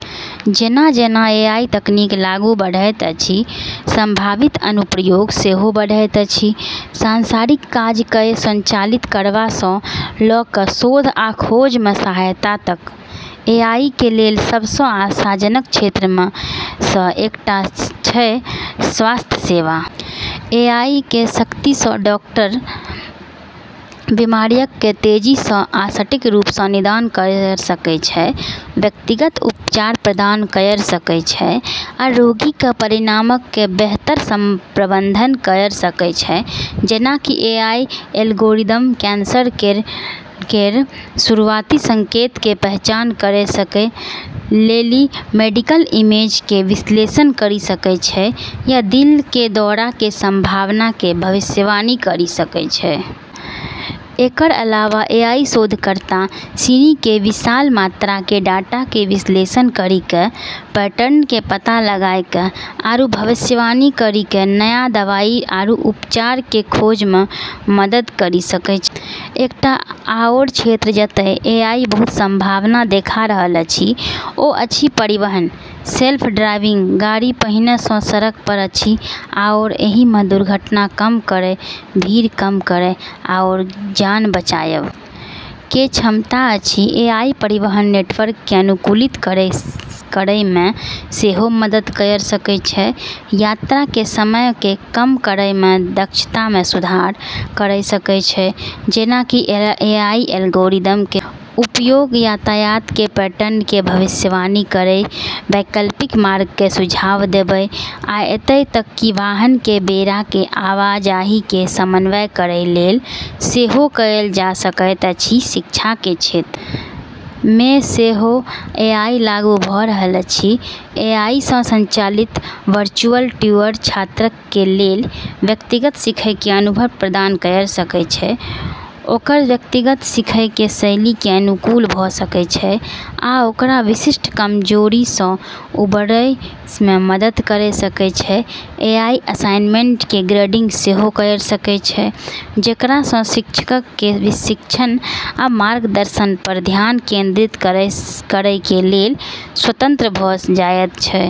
जेना-जेना एआई तकनीक आगू बढ़ैत अछि, संभावित अनुप्रयोग सेहो बढ़ैत अछि, सांसारिक काज कए स्वचालित करबा स ल कए शोध आ खोज मे सहायता तक। एआई कें लेल सब सं आशाजनक क्षेत्र मे सं एकटा छै स्वास्थ्य सेवा. एआई कें शक्ति सं डॉक्टर बीमारियक कें तेजी सं आ सटीक रूप सं निदान कयर सकय छै, व्यक्तिगत उपचार प्रदान कयर सकय छै आ रोगी कें परिणामक कें बेहतर प्रबंधन कयर सकय छै जेना कि एआई एल्गोरिदम कैंसर केरऽ शुरुआती संकेतऽ के पहचान करै लेली मेडिकल इमेज के विश्लेषण करी सकै छै या दिल के दौरा के संभावना के भविष्यवाणी करी सकै छै। एकरऽ अलावा एआई शोधकर्ता सिनी के विशाल मात्रा मे डाटा के विश्लेषण करी के, पैटर्न के पता लगाय के आरू भविष्यवाणी करी के नया दवाई आरू उपचार के खोज मे मदद करी सकै छै। एकटा आओर क्षेत्र जतय एआई बहुत संभावना देखा रहल अछि ओ अछि परिवहन। सेल्फ ड्राइविंग गाड़ी पहिने सं सड़क पर अछि आओर एहि मे दुर्घटना कम करय, भीड़ कम करय आओर जान बचाबय के क्षमता अछि, एआई परिवहन नेटवर्क कें अनुकूलित करय मे सेहो मदद कयर सकय छै, यात्रा कें समय कें कम करय आ दक्षता मे सुधार करय सकय छै जेना कि एआई एल्गोरिदम के उपयोग यातायात के पैटर्न के भविष्यवाणी करय, वैकल्पिक मार्ग के सुझाव देबय आ एतय तक कि वाहन के बेड़ा के आवाजाही के समन्वय करय लेल सेहो कएल जा सकैत अछि, शिक्षा क क्षेत्र मे सेहो एआई लागू भ रहल अछि, एआई सं संचालित वर्चुअल ट्यूटर छात्रक कें लेल व्यक्तिगत सीखय कें अनुभव प्रदान कयर सकय छै ओकर व्यक्तिगत सीखय कें शैली कें अनुकूल भ सकय छै आ ओकरा विशिष्ट कमजोरी सं उबरय मे मदद कयर सकय छै, एआई असाइनमेंट कें ग्रेडिंग सेहो कयर सकय छै जेकरा सं शिक्षकक कें शिक्षण आ मार्गदर्शन पर ध्यान केंद्रित करय कें लेल स्वतंत्र भ जायत छै।